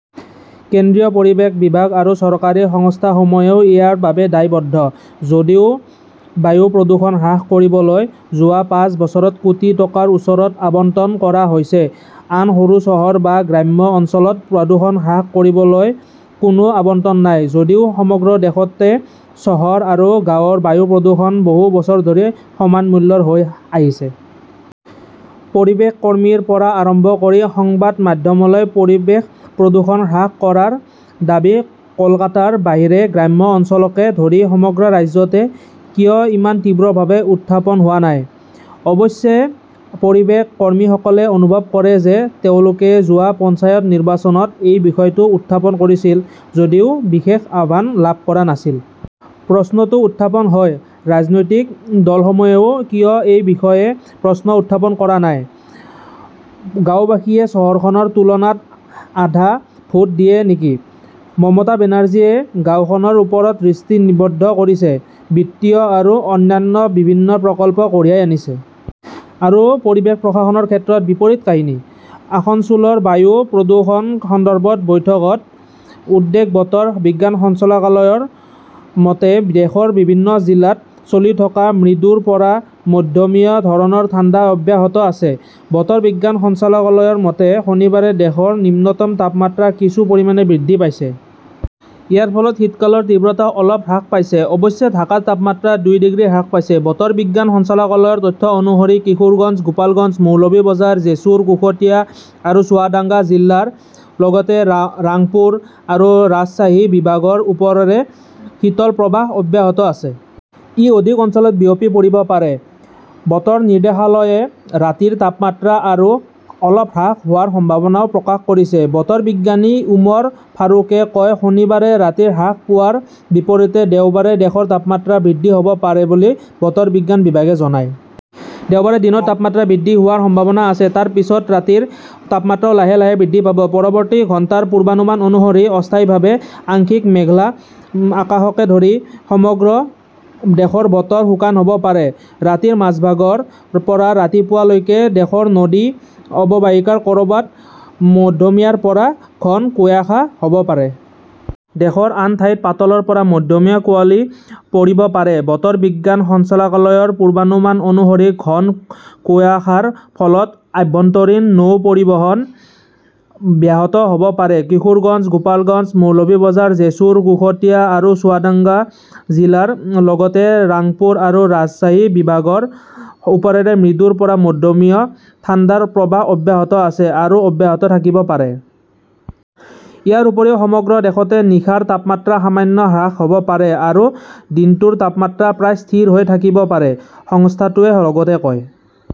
কেন্দ্ৰীয় পৰিৱেশ বিভাগ আৰু চৰকাৰী সংস্থাসমূহেও ইয়াৰ বাবে দায়বদ্ধ। যদিও বায়ু প্ৰদূষণ হ্ৰাস কৰিবলৈ যোৱা পাঁচ বছৰত কোটি টকাৰ ওচৰত আবণ্টন কৰা হৈছে। আন সৰু চহৰ বা গ্ৰাম্য অঞ্চলত প্ৰদূষণ হ্ৰাস কৰিবলৈ কোনো আবণ্টন নাই; যদিও সমগ্ৰ দেশতে চহৰ আৰু গাঁৱৰ বায়ু প্ৰদূষণ বহু বছৰ ধৰি সমান মূল্যৰ হৈ আহিছে। পৰিৱেশ কৰ্মীৰ পৰা আৰম্ভ কৰি সংবাদ মাধ্যমলৈ পৰিৱেশ প্ৰদূষণ হ্ৰাস কৰাৰ দাবী কলকাতাৰ বাহিৰে গ্ৰাম্য অঞ্চলকে ধৰি সমগ্ৰ ৰাজ্যতে কিয় ইমান তীব্ৰভাৱে উত্থাপন হোৱা নাই। অৱশ্যে, পৰিৱেশ কৰ্মীসকলে অনুভৱ কৰে যে তেওঁলোকে যোৱা পঞ্চায়ত নিৰ্বাচনত এই বিষয়টো উত্থাপন কৰিছিল যদিও বিশেষ আহ্বান লাভ কৰা নাছিল। প্ৰশ্নটো উত্থাপন হয়। ৰাজনৈতিক দলসমূহেও কিয় এই বিষয়ে প্ৰশ্ন উত্থাপন কৰা নাই? গাওঁবাসীয়ে চহৰখনৰ তুলনাত আধা ভোট দিয়ে নেকি? মমতা বেনাৰ্জীয়ে গাওঁখনৰ ওপৰত দৃষ্টি নিবদ্ধ কৰিছে। বিত্তীয় আৰু অন্যান্য বিভিন্ন প্ৰকল্প কঢ়িয়াই আনিছে। আৰু পৰিৱেশ প্ৰশাসনৰ ক্ষেত্ৰত বিপৰীত কাহিনী। আসনছোলৰ বায়ু প্ৰদূষণ সন্দৰ্ভত বৈঠকত উদ্বেগ বতৰ বিজ্ঞান সঞ্চালকালয়ৰ মতে, দেশৰ বিভিন্ন জিলাত চলি থকা মৃদুৰ পৰা মধ্যমীয়া ধৰণৰ ঠাণ্ডা অব্যাহত আছে। বতৰ বিজ্ঞান সঞ্চালকালয়ৰ মতে, শনিবাৰে দেশৰ নিম্নতম তাপমাত্ৰা কিছু পৰিমাণে বৃদ্ধি পাইছে। ইয়াৰ ফলত শীতকালৰ তীব্ৰতা অলপ হ্ৰাস পাইছে। অৱশ্যে ঢাকাৰ তাপমাত্ৰা দুই ডিগ্ৰী হ্ৰাস পাইছে। বতৰ বিজ্ঞান সঞ্চালকালয়ৰ তথ্য অনুসৰি কিশোৰগঞ্জ, গোপালগঞ্জ, মৌলভি বজাৰ, জেছুৰ, কুশটিয়া আৰু চুৱাডাঙ্গা জিলাৰ লগতে ৰাংপুৰ আৰু ৰাজশ্বাহী বিভাগৰ ওপৰেৰে শীতল প্ৰৱাহ অব্যাহত আছে। ই অধিক অঞ্চলত বিয়পি পৰিব পাৰে। বতৰ নিৰ্দেশালয়ে ৰাতিৰ তাপমাত্ৰা আৰু অলপ হ্ৰাস হোৱাৰ সম্ভাৱনাও প্ৰকাশ কৰিছে । বতৰ বিজ্ঞানী ওমৰ ফাৰুকে কয়, শনিবাৰে ৰাতি হ্ৰাস পোৱাৰ বিপৰীতে দেওবাৰে দেশৰ তাপমাত্ৰা বৃদ্ধি হ'ব পাৰে বুলি বতৰ বিজ্ঞান বিভাগে জনায়। দেওবাৰে দিনৰ তাপমাত্ৰা বৃদ্ধি হোৱাৰ সম্ভাৱনা আছে, তাৰ পিছত ৰাতিৰ তাপমাত্ৰ লাহে লাহে বৃদ্ধি পাব। পৰৱৰ্তী ঘণ্টাৰ পূৰ্বানুমান অনুসৰি অস্থায়ীভাৱে আংশিক মেঘলা আকাশকে ধৰি সমগ্ৰ দেশৰ বতৰ শুকান হ'ব পাৰে। ৰাতিৰ মাজভাগৰ পৰা ৰাতিপুৱা লৈকে দেশৰ নদী অৱবাহিকাৰ ক'ৰবাত মধ্যমীয়াৰ পৰা ঘন কুয়াশা হ'ব পাৰে। দেশৰ আন ঠাইত পাতলৰ পৰা মধ্যমীয়া কুঁৱলী পৰিব পাৰে। বতৰ বিজ্ঞান সঞ্চালকালয়ৰ পূৰ্বানুমান অনুসৰি ঘন কুয়াশাৰ ফলত আভ্যন্তৰীণ নৌ পৰিবহণ ব্যাহত হ'ব পাৰে। কিশোৰগঞ্জ, গোপালগঞ্জ, মৌলভি বজাৰ, জেছুৰ, কুশটিয়া আৰু চুৱাডাঙ্গা জিলাৰ লগতে ৰাংপুৰ আৰু ৰাজশ্বাহী বিভাগৰ ওপৰেৰে মৃদুৰ পৰা মধ্যমীয়া ঠাণ্ডাৰ প্ৰৱাহ অব্যাহত আছে আৰু অব্যাহত থাকিব পাৰে। ইয়াৰ উপৰিও সমগ্ৰ দেশতে নিশাৰ তাপমাত্ৰা সামান্য হ্ৰাস হ'ব পাৰে আৰু দিনটোৰ তাপমাত্ৰা প্ৰায় স্থিৰ হৈ থাকিব পাৰে, সংস্থাটোৱে লগতে কয়।